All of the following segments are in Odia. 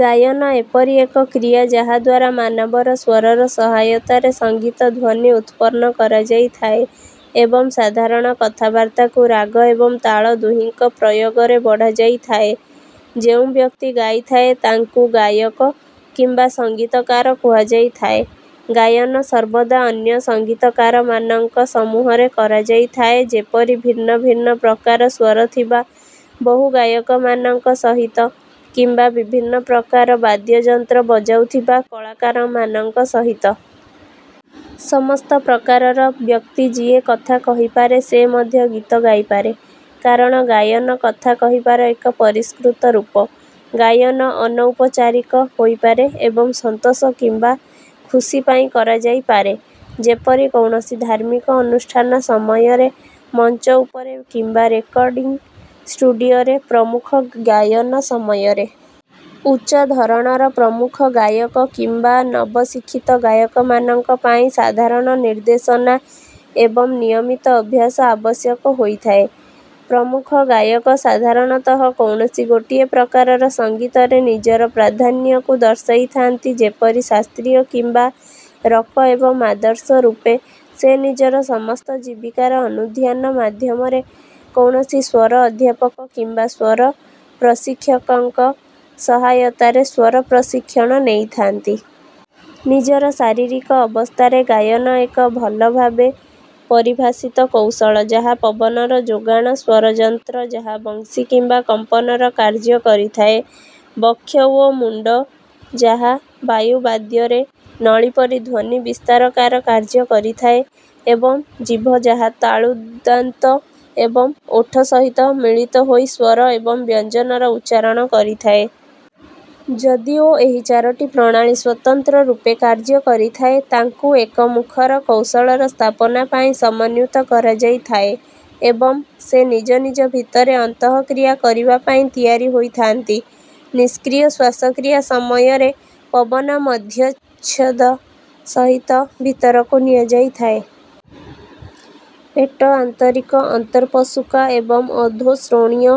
ଗାୟନ ଏପରି ଏକ କ୍ରିୟା ଯାହା ଦ୍ୱାରା ମାନବର ସ୍ୱରର ସହାୟତାରେ ସଙ୍ଗୀତ ଧ୍ୱନି ଉତ୍ପନ୍ନ କରାଯାଇଥାଏ ଏବଂ ସାଧାରଣ କଥାବାର୍ତ୍ତାକୁ ରାଗ ଏବଂ ତାଳ ଦୁହିଁଙ୍କ ପ୍ରୟୋଗରେ ବଢ଼ାଯାଇଥାଏ। ଯେଉଁ ବ୍ୟକ୍ତି ଗାଇଥାଏ ତାଙ୍କୁ ଗାୟକ କିମ୍ବା ସଙ୍ଗୀତକାର କୁହାଯାଇଥାଏ। ଗାୟନ ସର୍ବଦା ଅନ୍ୟ ସଙ୍ଗୀତକାରମାନଙ୍କ ସମୂହରେ କରାଯାଇଥାଏ ଯେପରି ଭିନ୍ନ ଭିନ୍ନ ପ୍ରକାର ସ୍ୱର ଥିବା ବହୁ ଗାୟକମାନଙ୍କ ସହିତ କିମ୍ବା ବିଭିନ୍ନ ପ୍ରକାର ବାଦ୍ୟଯନ୍ତ୍ର ବଜାଉଥିବା କଳାକାରମାନଙ୍କ ସହିତ। ସମସ୍ତ ପ୍ରକାରର ବ୍ୟକ୍ତି ଯିଏ କଥା କହିପାରେ ସେ ମଧ୍ୟ ଗୀତ ଗାଇପାରେ। କାରଣ ଗାୟନ କଥା କହିବାର ଏକ ପରିଷ୍କୃତ ରୂପ। ଗାୟନ ଅନୌପଚାରିକ ହୋଇପାରେ ଏବଂ ସନ୍ତୋଷ କିମ୍ବା ଖୁସି ପାଇଁ କରାଯାଇପାରେ। ଯେପରି କୌଣସି ଧାର୍ମିକ ଅନୁଷ୍ଠାନ ସମୟରେ ମଞ୍ଚ ଉପରେ କିମ୍ବା ରେକର୍ଡିଂ ଷ୍ଟୁଡିଓରେ ପ୍ରମୁଖ ଗାୟନ ସମୟରେ। ଉଚ୍ଚ ଧରଣର ପ୍ରମୁଖ ଗାୟକ କିମ୍ବା ନବଶିକ୍ଷିତ ଗାୟକମାନଙ୍କ ପାଇଁ ସାଧାରଣ ନିର୍ଦ୍ଦେଶନା ଏବଂ ନିୟମିତ ଅଭ୍ୟାସ ଆବଶ୍ୟକ ହୋଇଥାଏ। ପ୍ରମୁଖ ଗାୟକ ସାଧାରଣତଃ କୌଣସି ଗୋଟିଏ ପ୍ରକାରର ସଙ୍ଗୀତରେ ନିଜର ପ୍ରାଧାନ୍ୟକୁ ଦର୍ଶାଇଥାନ୍ତି ଯେପରି ଶାସ୍ତ୍ରୀୟ କିମ୍ବା ରକ ଏବଂ ଆଦର୍ଶ ରୂପେ ସେ ନିଜର ସମସ୍ତ ଜୀବିକାର ଅନୁଧ୍ୟାନ ମାଧ୍ୟମରେ କୌଣସି ସ୍ୱର-ଅଧ୍ୟାପକ କିମ୍ବା ସ୍ୱର-ପ୍ରଶିକ୍ଷକଙ୍କ ସହାୟତାରେ ସ୍ୱର-ପ୍ରଶିକ୍ଷଣ ନେଇଥାନ୍ତି। ନିଜର ଶାରୀରିକ ଅବସ୍ଥାରେ ଗାୟନ ଏକ ଭଲ ଭାବେ ପରିଭାଷିତ କୌଶଳ ଯାହା ପବନର ଯୋଗାଣ ସ୍ୱରଯନ୍ତ୍ର ଯାହା ବଂଶୀ କିମ୍ବା କମ୍ପନର କାର୍ଯ୍ୟ କରିଥାଏ ବକ୍ଷ ଓ ମୁଣ୍ଡ ଯାହା ବାୟୁ ବାଦ୍ୟରେ ନଳୀ ପରି ଧ୍ୱନି ବିସ୍ତାରକାର କାର୍ଯ୍ୟ କରିଥାଏ ଏବଂ ଜିଭ ଯାହା ତାଳୁ ଦାନ୍ତ ଏବଂ ଓଠ ସହିତ ମିଳିତ ହୋଇ ସ୍ୱର ଏବଂ ବ୍ୟଞ୍ଜନର ଉଚ୍ଚାରଣ କରିଥାଏ। ଯଦିଓ ଏହି ଚାରୋଟି ପ୍ରଣାଳୀ ସ୍ୱତନ୍ତ୍ର ରୂପେ କାର୍ଯ୍ୟ କରିଥାଏ ତାଙ୍କୁ ଏକ ମୁଖର କୌଶଳର ସ୍ଥାପନା ପାଇଁ ସମନ୍ୱିତ କରାଯାଇଥାଏ ଏବଂ ସେ ନିଜ ନିଜ ଭିତରେ ଅନ୍ତଃକ୍ରିୟା କରିବା ପାଇଁ ତିଆରି ହୋଇଥାନ୍ତି। ନିଷ୍କ୍ରିୟ ଶ୍ୱାସକ୍ରିୟା ସମୟରେ ପବନ ମଧ୍ୟଚ୍ଛଦ ସହିତ ଭିତରକୁ ନିଆଯାଇଥାଏ। ପେଟ ଆନ୍ତରିକ ଅନ୍ତର୍ପଶୁକା ଏବଂ ଅଧୋ ଶ୍ରୋଣୀୟ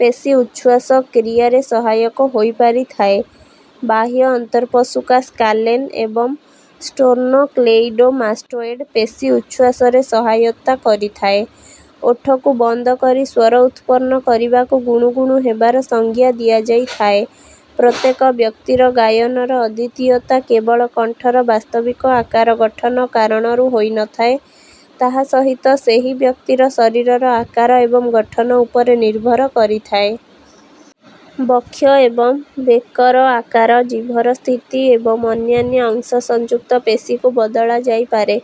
ପେଶୀ ଉଚ୍ଛ୍ୱାସ କ୍ରିୟାରେ ସହାୟକ ହୋଇପାରିଥାଏ। ବାହ୍ୟ ଅନ୍ତର୍ପଶୁକା ସ୍କାଲେନ ଏବଂ ଷ୍ଟର୍ନୋକ୍ଲେଇଡୋମାଷ୍ଟୋଏଡ ପେଶୀ ଉଚ୍ଛ୍ୱାସରେ ସହାୟତା କରିଥାଏ। ଓଠକୁ ବନ୍ଦ କରି ସ୍ୱର ଉତ୍ପନ୍ନ କରିବାକୁ ଗୁଣୁଗୁଣୁ ହେବାର ସଂଜ୍ଞା ଦିଆଯାଇଥାଏ। ପ୍ରତ୍ୟେକ ବ୍ୟକ୍ତିର ଗାୟନର ଅଦ୍ୱିତୀୟତା କେବଳ କଣ୍ଠର ବାସ୍ତବିକ ଆକାର ଗଠନ କାରଣରୁ ହୋଇନଥାଏ ତାହା ସହିତ ସେହି ବ୍ୟକ୍ତିର ଶରୀରର ଆକାର ଏବଂ ଗଠନ ଉପରେ ନିର୍ଭର କରିଥାଏ। ବକ୍ଷ ଏବଂ ବେକର ଆକାର ଜିଭର ସ୍ଥିତି ଏବଂ ଅନ୍ୟାନ୍ୟ ଅଂଶସଂଯୁକ୍ତ ପେଶୀକୁ ବଦଳାଯାଇପାରେ।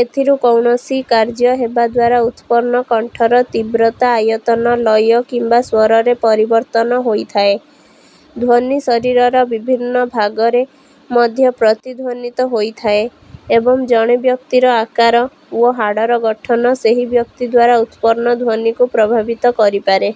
ଏଥିରୁ କୌଣସି କାର୍ଯ୍ୟ ହେବା ଦ୍ୱାରା ଉତ୍ପନ୍ନ କଣ୍ଠର ତୀବ୍ରତା ଆୟତନ ଲୟ କିମ୍ବା ସ୍ୱରରେ ପରିବର୍ତ୍ତନ ହୋଇଥାଏ। ଧ୍ୱନି ଶରୀରର ବିଭିନ୍ନ ଭାଗରେ ମଧ୍ୟ ପ୍ରତିଧ୍ୱନିତ ହୋଇଥାଏ ଏବଂ ଜଣେ ବ୍ୟକ୍ତିର ଆକାର ଓ ହାଡ଼ର ଗଠନ ସେହି ବ୍ୟକ୍ତି ଦ୍ୱାରା ଉତ୍ପନ୍ନ ଧ୍ୱନିକୁ ପ୍ରଭାବିତ କରିପାରେ।